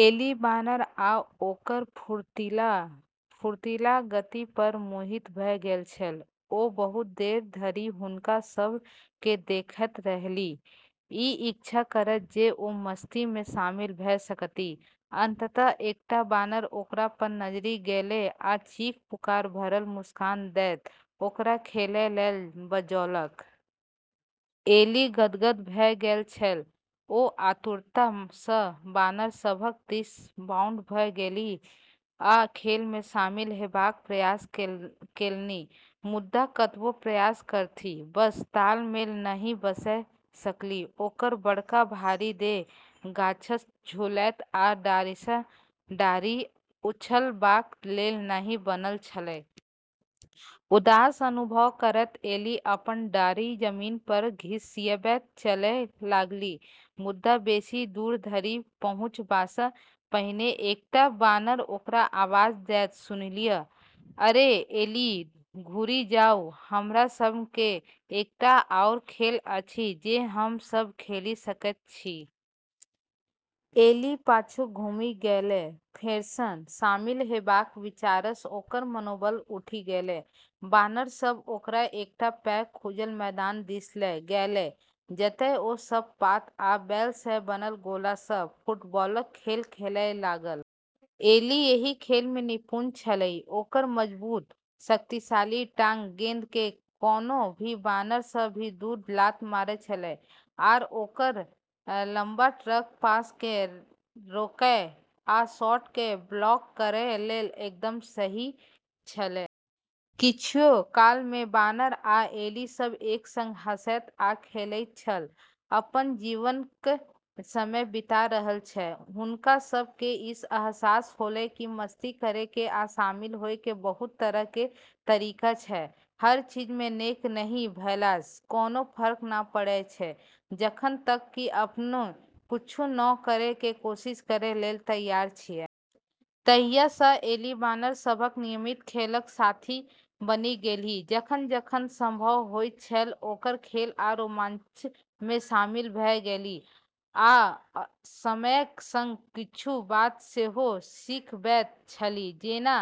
एली बानर आ ओकर फुर्तीला, फुर्तीला गति पर मोहित भऽ गेल छल। ओ बहुत देर धरि हुनका सभ केँ देखैत रहलीह, ई इच्छा करैत जे ओ मस्ती में शामिल भऽ सकथि। अन्ततः एकटा बानर ओकरा पर नजरि गेलै आ चीख-पुकार भरल मुस्कान दैत ओकरा खेलय लेल बजौलक। एली गदगद भऽ गेल छल! ओ आतुरता सँ बानर सभक दिस बाउंड भऽ गेलीह आ खेल में शामिल हेबाक प्रयास केलनि। मुदा कतबो प्रयास करथि, बस तालमेल नहि बैसा सकलीह। ओकर बड़का भारी देह गाछसँ झूलैत आ डारिसँ डारि उछलबाक लेल नहि बनल छलैक। उदास अनुभव करैत एली अपन डारि जमीन पर घिसियबैत चलय लागलि। मुदा बेसी दूर धरि पहुँचबासँ पहिने एकटा बानर ओकरा आवाज दैत सुनलीह। "अरे, एली, घुरि जाउ! हमरा सभ केँ एकटा आओर खेल अछि जे हम सभ खेलि सकैत छी!" एली पाछू घुमि गेलै, फेरसँ शामिल हेबाक विचारसँ ओकर मनोबल उठि गेलै। बानर सभ ओकरा एकटा पैघ खुजल मैदान दिस ल' गेलै, जतय ओ सभ पात आ बेल सँ बनल गोला सँ फुटबॉलक खेल खेलय लागल। एली एहि खेल में निपुण छलीह। ओकर मजबूत, शक्तिशाली टांग गेंद केँ कोनो भी बानर सँ भी दूर लात मारै छलै, आर ओकर लम्बा ट्रंक पास केँ रोकै आ शॉट केँ ब्लॉक करै लेल एकदम सही छलै। किछुए काल में बानर आ एली सब एक संग हँसैत आ खेलाइत छल, अपन जीवनक समय बिता रहल छल। हुनका सब केँ ई अहसास होलै कि मस्ती करै के आ शामिल होय के बहुत तरह के तरीका छै, हर चीज में नेएक नहि भेलासँ कोनो फर्क नै पड़ै छै, जखन तक कि अपने किछु नव करै के कोशिश करै लेल तैयार छियै। तहिया सँ एली बानर सभक नियमित खेलक साथी बनि गेलीह, जखन-जखन संभव होइत छल, ओकर खेल आ रोमांच में शामिल भ' गेलीह। आ समयक संग किछु बात सेहो सिखबैत छलीह, जेना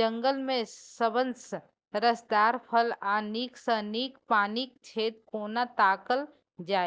जंगल में सबसँ रसदार फल आ नीक सँ नीक पानिक छेद कोना ताकल जाय।